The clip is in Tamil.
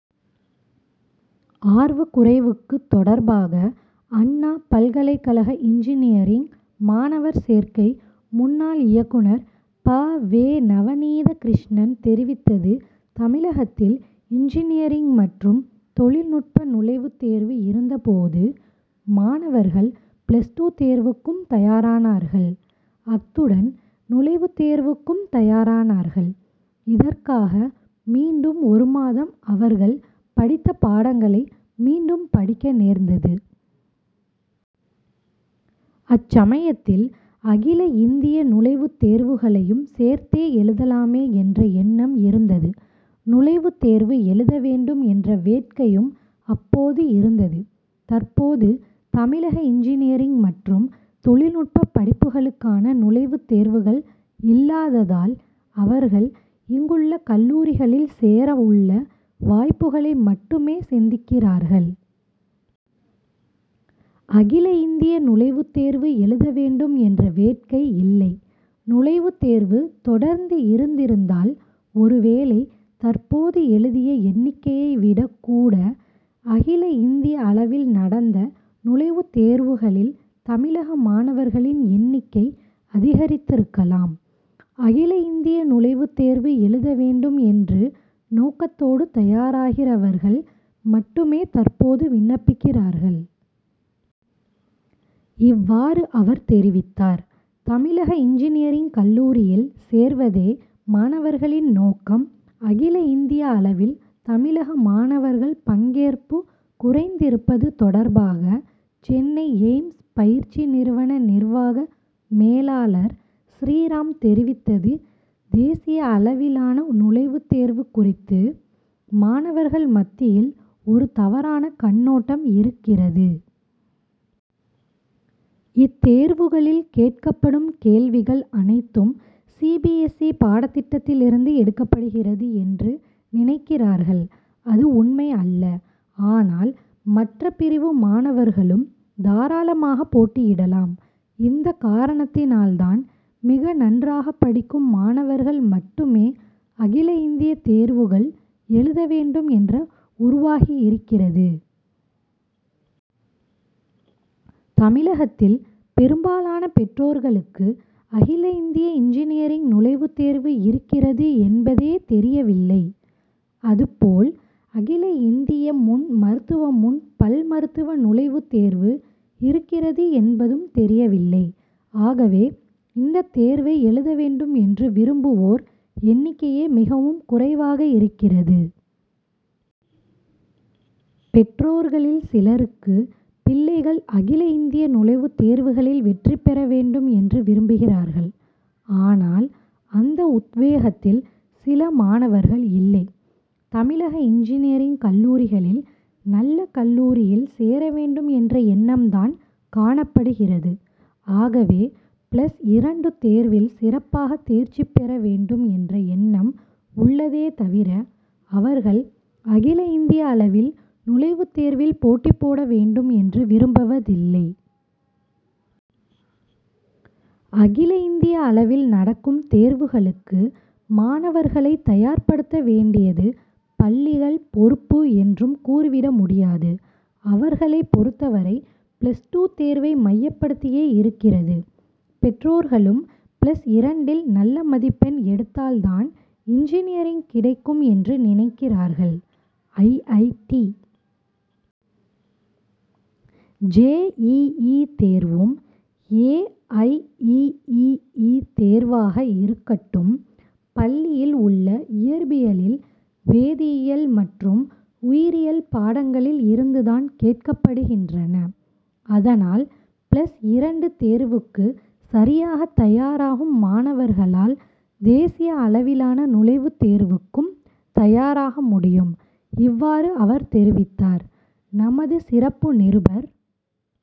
ஆர்வக்குறைவுக்கு தொடர்பாக, அண்ணா பல்கலைக்கழக இன்ஜினியரிங் மாணவர் சேர்க்கை முன்னாள் இயக்குனர் ப. வே. நவநீதகிருஷ்ணன் தெரிவித்தது தமிழகத்தில் இன்ஜினியரிங் மற்றும் தொழில்நுட்ப நுழைவுத் தேர்வு இருந்த போது, மாணவர்கள் பிளஸ் டூ தேர்வுக்கும் தயாரானார்கள். அத்துடன், நுழைவுத் தேர்வுக்கும் தயாரானார்கள். இதற்காக மீண்டும் ஒரு மாதம் அவர்கள் படித்த பாடங்களை மீண்டும் படிக்க நேர்ந்தது. அச்சமயத்தில் அகில இந்திய நுழைவுத் தேர்வுகளையும் சேர்த்தே எழுதலாமே என்ற எண்ணம் இருந்தது. நுழைவுத் தேர்வு எழுத வேண்டும் என்ற வேட்கையும் அப்போது இருந்தது. தற்போது தமிழக இன்ஜினியரிங் மற்றும் தொழில்நுட்பப் படிப்புகளுக்கான நுழைவுத் தேர்வுகள் இல்லாததால் அவர்கள், இங்குள்ள கல்லூரிகளில் சேர உள்ள வாய்ப்புகளை மட்டுமே சிந்திக்கிறார்கள். அகில இந்திய நுழைவுத் தேர்வு எழுத வேண்டும் என்ற வேட்கை இல்லை. நுழைவுத் தேர்வு தொடர்ந்து இருந்திருந்தால், ஒருவேளை, தற்போது எழுதிய எண்ணிக்கையை விடக் கூட, அகில இந்திய அளவில் நடந்த நுழைவுத் தேர்வுகளில்தமிழக மாணவர்களின் எண்ணிக்கை அதிகரித்திருக்கலாம். அகில இந்திய நுழைவுத் தேர்வு எழுத வேண்டும் என்று நோக்கத்தோடு, தயாராகிறவர்கள் மட்டுமே தற்போது விண்ணப்பிக்கிறார்கள். இவ்வாறு அவர் தெரிவித்தார். தமிழக இன்ஜினியரிங் கல்லூரியில்சேர்வதே மாணவர்களின் நோக்கம் அகில இந்திய அளவில்தமிழக மாணவர்கள் பங்கேற்பு குறைந்திருப்பது தொடர்பாக சென்னை எய்ம்ஸ் பயிற்சிநிறுவன நிர்வாக மேலாளர் ஸ்ரீராம் தெரிவித்தது தேசிய அளவிலான நுழைவுத் தேர்வு குறித்து, மாணவர்கள் மத்தியில் ஒரு தவறான கண்ணோட்டம் இருக்கிறது. இத்தேர்வுகளில் கேட்கப்படும் கேள்விகள் அனைத்தும் சி. பி. எஸ். இ., பாடத்திட்டத்திலிருந்து எடுக்கப்படுகிறது என்று நினைக்கிறார்கள். அது உண்மை அல்ல. ஆனால் மற்ற பிரிவு மாணவர்களும் தாராளமாக போட்டியிடலாம். இந்த காரணத்தினால்தான் மிக நன்றாகப் படிக்கும் மாணவர்கள் மட்டுமே அகில இந்திய தேர்வுகள் எழுத வேண்டும் என்ற உருவாகியிருக்கிறது. தமிழகத்தில் பெரும்பாலான பெற்றோர்களுக்கு அகில இந்திய இன்ஜினியரிங் நுழைவுத் தேர்வு இருக்கிறது என்பதே தெரியவில்லை. அது போல் அகில இந்திய முன் மருத்துவ முன் பல் மருத்துவ நுழைவுத் தேர்வு இருக்கிறது என்பதும் தெரியவில்லை. ஆகவே இந்த தேர்வை எழுத வேண்டும் என்று விரும்புவோர் எண்ணிக்கையே மிகவும் குறைவாகஇருக்கிறது. பெற்றோர்களில் சிலருக்கு பிள்ளைகள் அகில இந்திய நுழைவுத் தேர்வுகளில் வெற்றி பெற வேண்டும் என்று விரும்புகிறார்கள். ஆனால் அந்த உத்வேகத்தில் சில மாணவர்கள் இல்லை. தமிழக இன்ஜினியரிங் கல்லூரிகளில் நல்ல கல்லூரியில் சேர வேண்டும் என்ற எண்ணம்தான் காணப்படுகிறது. ஆகவே பிளஸ் இரண்டு தேர்வில் சிறப்பாகத்தேர்ச்சி பெற வேண்டும் என்ற எண்ணம் உள்ளதே தவிர, அவர்கள் அகில இந்திய அளவில் நுழைவுத் தேர்வில் போட்டி போட வேண்டும் என்று விரும்புவதில்லை. அகில இந்திய அளவில் நடக்கும் தேர்வுகளுக்கு மாணவர்களைத் தயார்ப்படுத்த வேண்டியது, பள்ளிகள் பொறுப்பு என்றும் கூறிவிட முடியாது. அவர்களைப் பொறுத்தவரை பிளஸ் டூ தேர்வை மையப்படுத்தியே இருக்கிறது. பெற்றோர்களும் பிளஸ் இரண்டில் நல்ல மதிப்பெண் எடுத்தால்தான் இன்ஜினியரிங் கிடைக்கும் என்று நினைக்கிறார்கள். I. I. T., J. E. E., தேர்வும், ஏ. ஐ. இ. இ. இ., தேர்வாக இருக்கட்டும் பள்ளியில் உள்ள இயற்பியில், வேதியியல் மற்றும் உயிரியல் பாடங்களில் இருந்துதான் கேட்கப்படுகின்றன. அதனால், பிளஸ் இரண்டு தேர்வுக்குசரியாகத் தயாராகும் மாணவர்களால் தேசிய அளவிலான நுழைவுத் தேர்வுக்கும் தயாராக முடியும். இவ்வாறு அவர் தெரிவித்தார். நமது சிறப்பு நிருபர் -